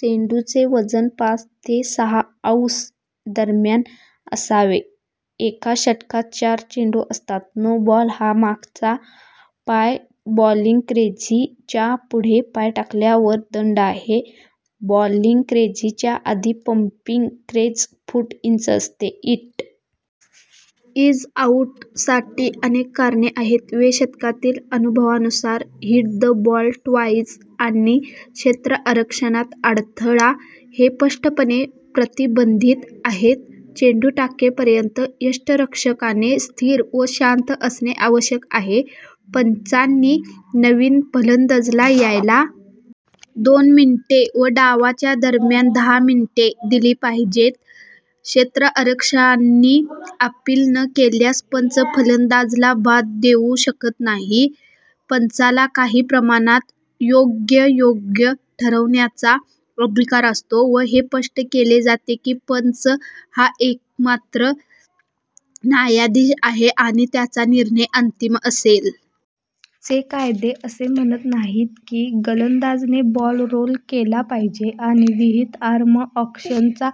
चेंडूचे वजन पाच ते सहा औंस दरम्यान असावे; एका षटकात चार चेंडू असतात; नो-बॉल हा मागचा पाय बॉलिंग क्रीझच्या पुढे पाय टाकल्यावर दंड आहे; बॉलिंग क्रीजच्या आधी पॉपिंग क्रीज फूट इंच असते; "इट इज आउट" साठी अनेक कारणे आहेत; व्या शतकातील अनुभवांनुसार हिट द बॉल ट्वाइस आणि क्षेत्ररक्षणात अडथळा हे स्पष्टपणे प्रतिबंधीत आहेत; चेंडू टाकेपर्यंत यष्टिरक्षकाने स्थिर व शांत असणे आवश्यक आहे; पंचांनी नवीन फलंदाजला यायला दोन मिनिटे व डावाच्या दरम्यान दहा मिनिटे दिली पाहिजेत; क्षेत्ररक्षकांनी अपील न केल्यास पंच फलंदाजाला बाद देऊ शकत नाहीत; पंचाला काही प्रमाणात योग्यायोग्य ठरवण्याचा अधिकार असतो व हे स्पष्ट केले जाते की पंच हा "एकमात्र न्यायाधीश" आहे आणि "त्याचा निर्णय अंतिम असेल". चे कायदे असे म्हणत नाहीत की गोलंदाजाने बॉल रोल केला पाहिजे आणि विहित आर्म ॲक्शनचा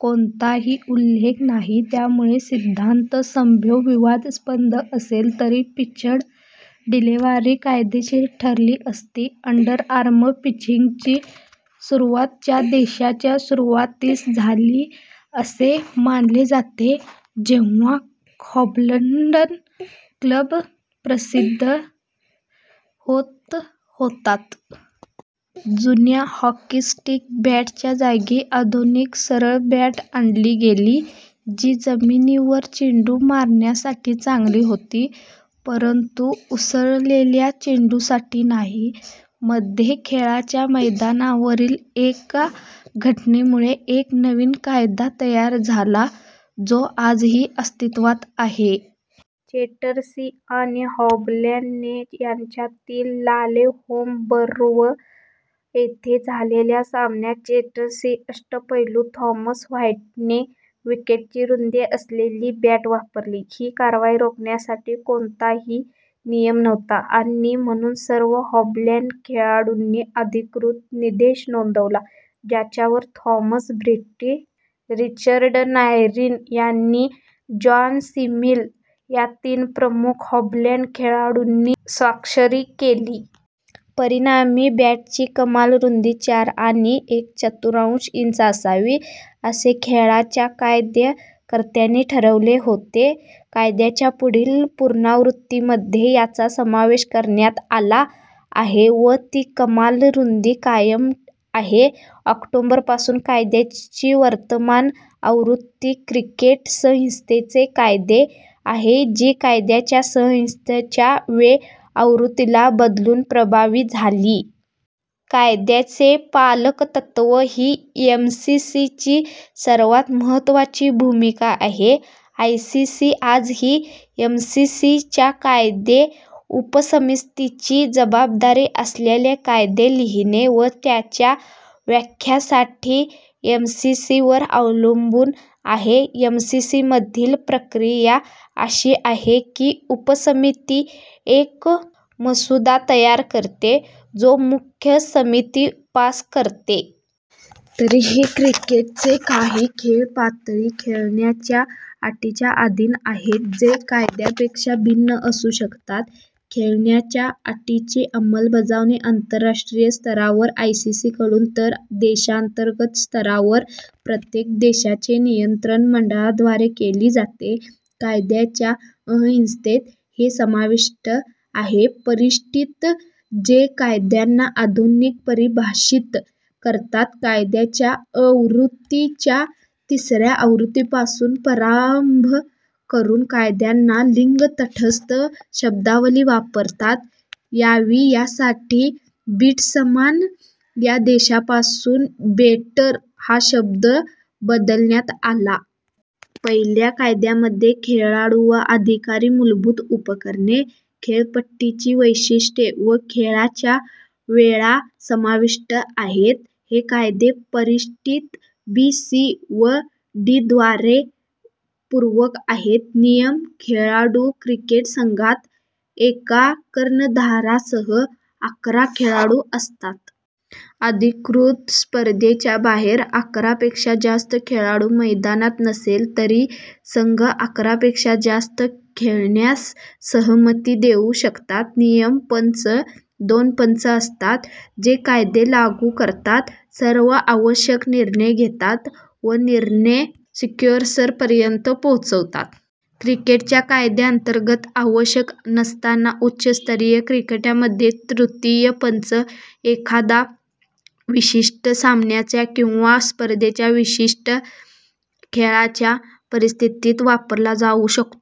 कोणताही उल्लेख नाही त्यामुळे, सिद्धांततः, संभाव्य विवादास्पद असले तरी पिच्ड डिलीव्हरी कायदेशीर ठरली असती. अंडरआर्म पिचिंगची सुरुवात च्या दशकाच्या सुरुवातीस झाली असे मानले जाते जेव्हा हॅम्बल्डन क्लब प्रसिद्ध होत होता. जुन्या "हॉकी स्टिक" बॅटच्या जागी आधुनिक सरळ बॅट आणली गेली जी जमिनीवर चेंडू मारण्यासाठी चांगली होती परंतु उसळलेल्या चेंडूसाठी नाही. मध्ये खेळाच्या मैदानावरील एका घटनेमुळे एक नवीन कायदा तयार झाला जो आजही अस्तित्त्वात आहे. चेर्टसी आणि हॅम्बल्डन यांच्यातील लालेहॅम बर्वे येथे झालेल्या सामन्यात चेर्टसी अष्टपैलू थॉमस व्हाईटने विकेटची रुंदी असलेली बॅट वापरली. ही कारवाई रोखण्यासाठी कोणताही नियम नव्हता आणि म्हणून सर्व हॅम्बल्डन खेळाडूंनी अधिकृत निषेध नोंदवला ज्यावर थॉमस ब्रेट, रिचर्ड नायरेन आणि जॉन स्मॉल या तीन प्रमुख हॅम्बल्डन खेळाडूंनी स्वाक्षरी केली. परिणामी, बॅटची कमाल रुंदी चार आणि एक चतुर्थांश इंच असावी, असे खेळाच्या कायदेकर्त्यांनी ठरवले होते; कायद्याच्या पुढील पुनरावृत्तीमध्ये याचा समावेश करण्यात आला आहे व ती कमाल रुंदी कायम आहे. ऑक्टोबर पासून कायद्याची वर्तमान आवृत्ती "क्रिकेट संहितेचे कायदे" आहे, जी " कायद्याच्या संहितेच्या" व्या आवृत्तीला बदलून प्रभावी झाली. कायद्यांचे पालकत्त्व ही एमसीसी ची सर्वात महत्वाची भूमिका आहे. आयसीसी आजही एमसीसी च्या कायदे उपसमितीची जबाबदारी असलेल्या कायदे लिहिणे व त्यांच्या व्याख्येसाठी एमसीसी वर अवलंबून आहे. एमसीसी मधील प्रक्रिया अशी आहे की उपसमिती एक मसुदा तयार करते जो मुख्य समिती पास करते. तरीही क्रिकेटचे काही खेळ पातळी खेळण्याच्या अटींच्या अधीन आहेत ज्या कायद्यांपेक्षा भिन्न असू शकतात. खेळण्याच्या अटींची अंमलबजावणी आंतरराष्ट्रीय स्तरावर आयसीसीकडून तर देशांतर्गत स्तरावर प्रत्येक देशाच्या नियंत्रण मंडळाद्वारे केली जाते. कायद्याच्या संहितेत हे समाविष्ट आहे: परिशिष्ट, जे कायद्यांना अधिक परिभाषित करतात; कायद्यांच्या आवृत्तीच्या तिसऱ्या आवृत्तीपासून प्रारंभ करून कायद्यांना लिंग-तटस्थ शब्दावली वापरता यावी यासाठी "बॅट्समन " या शब्दापासून "बॅटर" हा शब्द बदलण्यात आला. पहिल्या कायद्यांमध्ये खेळाडू व अधिकारी, मूलभूत उपकरणे, खेळपट्टीची वैशिष्ट्ये व खेळाच्या वेळा समाविष्ट आहेत. हे कायदे परिशिष्ट बी, सी व डी द्वारे पूरक आहेत. नियम: खेळाडू. क्रिकेट संघात एका कर्णधारासह अकरा खेळाडू असतात. अधिकृत स्पर्धांच्या बाहेर अकरापेक्षा जास्त खेळाडू मैदानात नसले तरी संघ अकरा पेक्षा जास्त खेळण्यास सहमती देऊ शकतात. नियम: पंच. दोन पंच असतात, जे कायदे लागू करतात, सर्व आवश्यक निर्णय घेतात व निर्णय स्कोअरर्सपर्यंत पोहोचवतात. क्रिकेटच्या कायद्यांतर्गत आवश्यक नसताना उच्चस्तरीय क्रिकेटमध्ये तृतीय पंच एखाद्या विशिष्ट सामन्याच्या किंवा स्पर्धेच्या विशिष्ट खेळाच्या परिस्थितीत वापरला जाऊ शकतो.